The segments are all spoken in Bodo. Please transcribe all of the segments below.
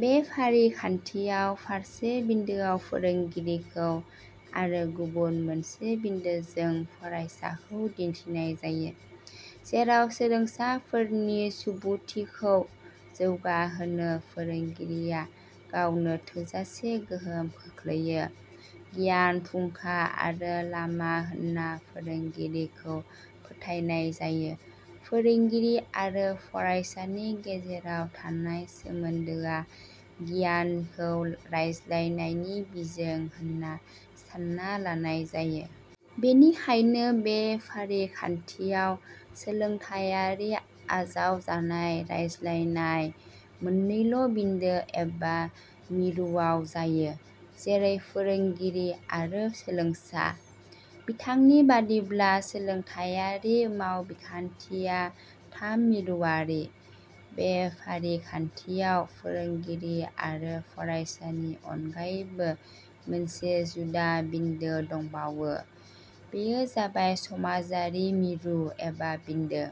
बे फारिखान्थियाव फारसे बिन्दोआव फोरोंगिरिखौ आरो गुबुन मोनसे बिन्दोजों फरायसाखौ दिन्थिनाय जायो। जेराव सोलोंसाफोरनि सुबुथिखौ जौगाहोनो फोरोंगिरिया गावनो थोजासे गोहोम खोख्लैयो। गियान फुंखा आरो लामा होन्ना फोरोंगिरिखौ फोथायनाय जायो। फोरोंगिरि आरो फरायसानि गेजेराव थानाय सोमोन्दोआ गियानखौ रानज्लायनायनि बिजों होनना सानना लानाय जायो। बेनिखायनो बे फारिखान्थियाव सोलोंथायारि आजावजानाय-रानज्लायनाय मोननैल' बिन्दो एबा मिरुवाव जायो, जेरै -फोरोंगिरि आरो सोलोंसा। बिथां नि बादिब्ला सोलोंथाइयारि मावबिखान्थिया थाम मिरुवारि। बे फारिखान्थियाव फोरोंगिरि आरो फरायसानि अनगायैबो मोनसे जुदा बिन्दो दंबावो। बेयो जाबाय समाजारि मिरु एबा बिन्दो।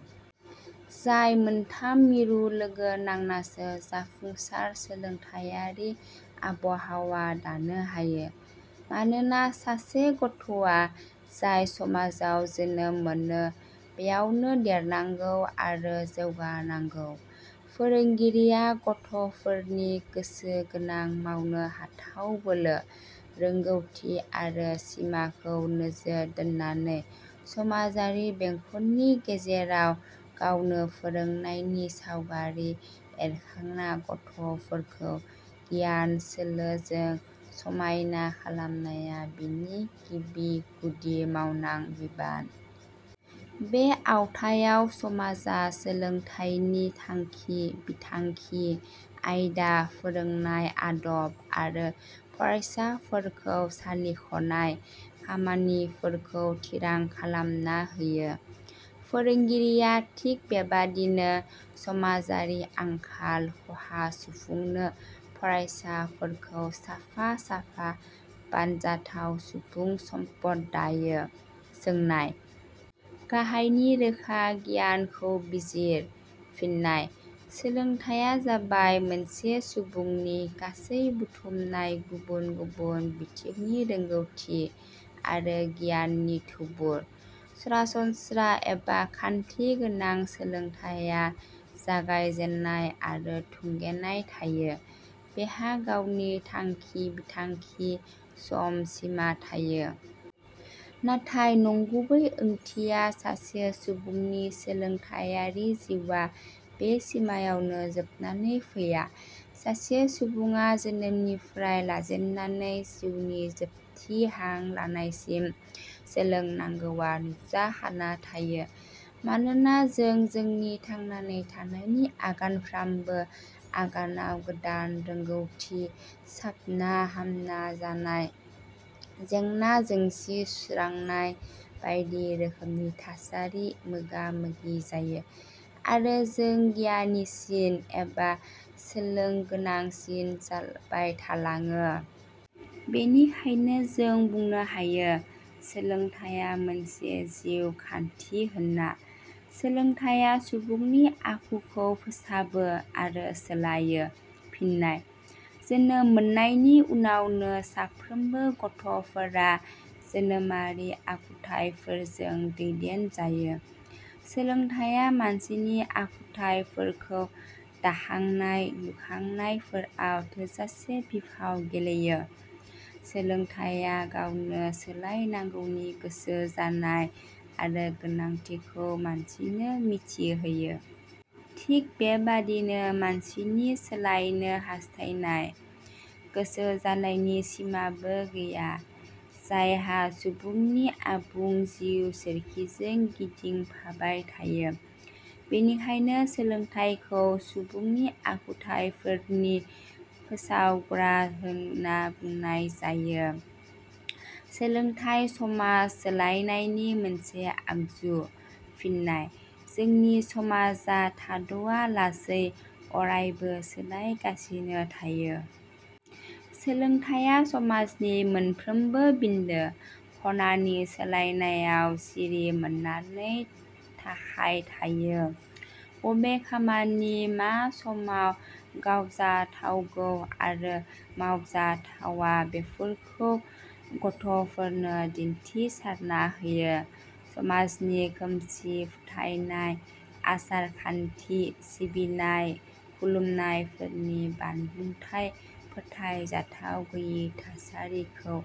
जाय मोन्थाम मिरु लोगो नांनासो जाफुंसार सोलोंथाइयारि आबहावा दानो हायो। मानोना सासे गथ'वा जाय समाजाव जोनोम मोनो बेयावनो देरनांगौ आरो जौगानांगौ। फोरोंगिरिया गथ'फोरनि गोसो गोनां मावनो हाथाव बोलो, रोंगौथि आरो सिमाखौ नोजोर दोन्नानै समाजारि बेंखननि गेजेराव गावनो फोरोंनायनि सावगारि एरखांना गथ'फोरखौ गियान -सोलोजों समायना खालामनाया बिनि गिबि -गुदि मावनां बिबान। बे आवथायाव समाजा सोलोंथाइनि थांखि -बिथांखि, आयदा, फोरोंनाय आदब आरो फरायसाफोरखौ सालिख'नाय खामानिफोरखौ थिरां खालामना होयो। फोरोंगिरिया थिक बेबादिनो समाजारि आंखाल – खहा सुफुंनो फरायसाफोरखौ साफा – साफा बानजाथाव सुबुं सम्पद दायो। सोंनाय -. गाहायनि रोखा गियानखौ बिजिर- फिन्नाय: सोलोंथाइया जाबाय सासे सुबुंनि गासै बुथुमनाय गुबुन गुबुन बिथिंनि रोंगौथि आरो गियाननि थुबुर। सरासनस्रा एबा खान्थि गोनां सोलोंथाइया जागायजेन्नाय आरो थुंगेनाय थायो। बेहा गावनि थांखि -बिथांखि, सम -सिमा थायो। नाथाय नंगुबै ओंथियाव सासे सुबुंनि सोलोंथाइयारि जिउआ बे सिमायावनो जोबनानै फैया। सासे सुबुंङा जोनोमनिफ्राय लाजेननानै जिउनि जोबथि हां लानाय सिम सोलोंनांगौआ नुजाखाना थायो। मानोना जों जोंनि थांनानै थानायनि आगानफ्रामबो आगानाव गोदान रोंगौथि, साबना -हामना जानाय, जेंना -जोंसि सुस्रांनाय बायदि रोखोमनि थासारि मोगा- मोगि जायो आरो जों गियानिसिन एबा सोलोगोनांसिन जाबायथालाङो। बेनिखायनो जों बुंनो हायो सोलोंथाइया मोनसे जिउ खान्थि होन्ना। सोलोंथाइया सुबुंनि आखुखौ फोसाबो आरो सोलायो। फिन्नाय: जोनोम मोन्नायनि उनावनो साफ्रोमबो गथ'फोरा जोनोमारि आखुथाइफोरजों दैदेनजायो। सोलोंथाइया मानसिनि आखुथाइफोरखौ दाखांनाय -लुखांनायफोराव थोजासे बिफाव गेलेयो। सोलोंथाइया गावनो सोलायनांगौनि गोसो जानाय आरो गोनांथिखौ मानसिनो मिथिहोयो। थिक बेबादिनो मानसिनि सोलायनो हास्थायनाय – गोसो जानायनि सिमाबो गैया। जायहा सुबुंनि आबुं जिउ सोरखिजों गिदिंफाबाय थायो। बेनिखायनो सोलोंथाइखौ सुबुंनि आखुथायफोरनि फोसावग्रा होन्ना बुनाय जायो। सोलोंथाइ समाज सोलायनायनि मोनसे आगजु। फिन्नाय: जोंनि समाजा थाद'वा लासै अरायबो सोलायगासिनो थायो। सोलोंथाइया समाजनि मोनफ्रोमबो बिन्दो – ख 'नानि सोलायनायाव सिरि मोननानै थाखाय थायो। बबे खामानि मा समाव गावजाथावगौ आरो मावजाथावा बेफोरखौ गथ'फोरनो दिन्थिसारना होयो। समाजनि खोमसि फोथायनाय, आसार -खान्थि, सिबिनाय – खुलुमनायफोरनि बानबुंथाय फोथायजाथाव गैयि थासारिखौ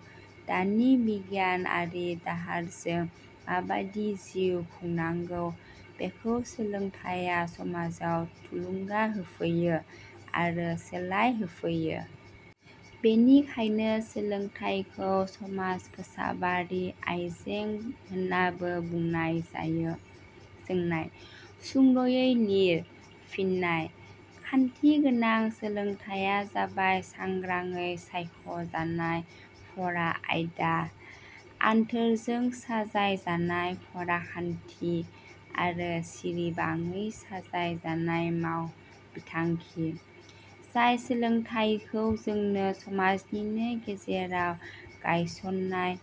दानि बिगियानआरि दाहारजों माबादि जिउ – खुंनांगौ बेखौ सोलोंथाइया समाजाव थुलुंगा होफैयो आरो सोलायहोफैयो। बेनिखायनो सोलोंथाइखौ समाज फोसाबारि आइजें होन्नाबो बुंनाय जायो। सोंनाय-, सुंदयै लिर फिन्नाय: खान्थि गोनां सोलोंथाइया जाबाय सांग्रांङै सायख 'जानाय फरा आयदा, आनथोरजों साजाय जानाय फराखान्थि आरो सिरिबाङै साजायजानाय माव – बिथांखि। जाय सोलोंथाइखौ जोंनो समाजनिनो गेजेराव गायसननाय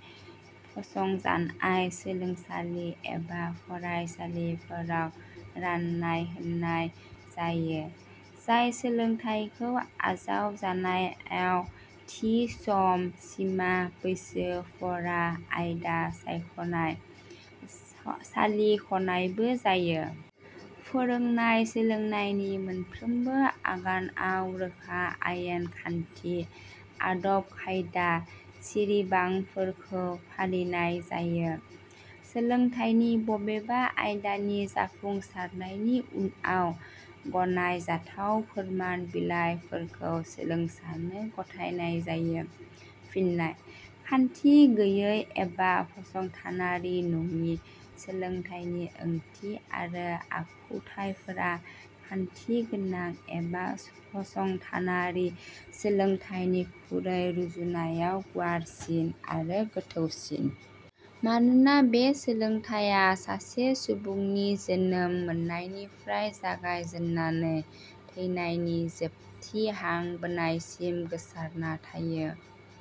-फसंजानाय सोलोंसालि एबा फरायसालिफोराव रान्नाय होनाय जायो -जाय सोलोंथाइखौ आजावजानायव थि सम -सिमा, बैसो, फरा -आयदा, सायख 'नाय – सालिखनायबो जायो। फोरोंनाय सोलोंनायनि मोनफ्रोमबो आगानाव रोखा आयेन -खान्थि, आदब-खायदा, सिरिबांफोरखौ फालिनाय जायो। सोलोंथाइनि बबेबा आयदानि जाफुंसारनायनि उनाव गनाय जाथाव फोरमान बिलाइफोरबो सोलोंसानो गथायनाय जायो। फिननाय: खान्थि गैयै एबा फसंथानारि नङि सोलोंथाइनि ओंथि आरो आखुथाइफोरा खान्थि गोनां एबा फसंथानारि सोलोंथाइनिख्रुइ रुजुनायाव गुवारसिन आरो गोथौसिन। मानोना बे सोलोंथाइया सासे सुबुंनि जोनोम मोन्नायनिफ्राय जागायजेन्नानै थैनायनि जोबथि हां बोनायसिम गोसारना थायो।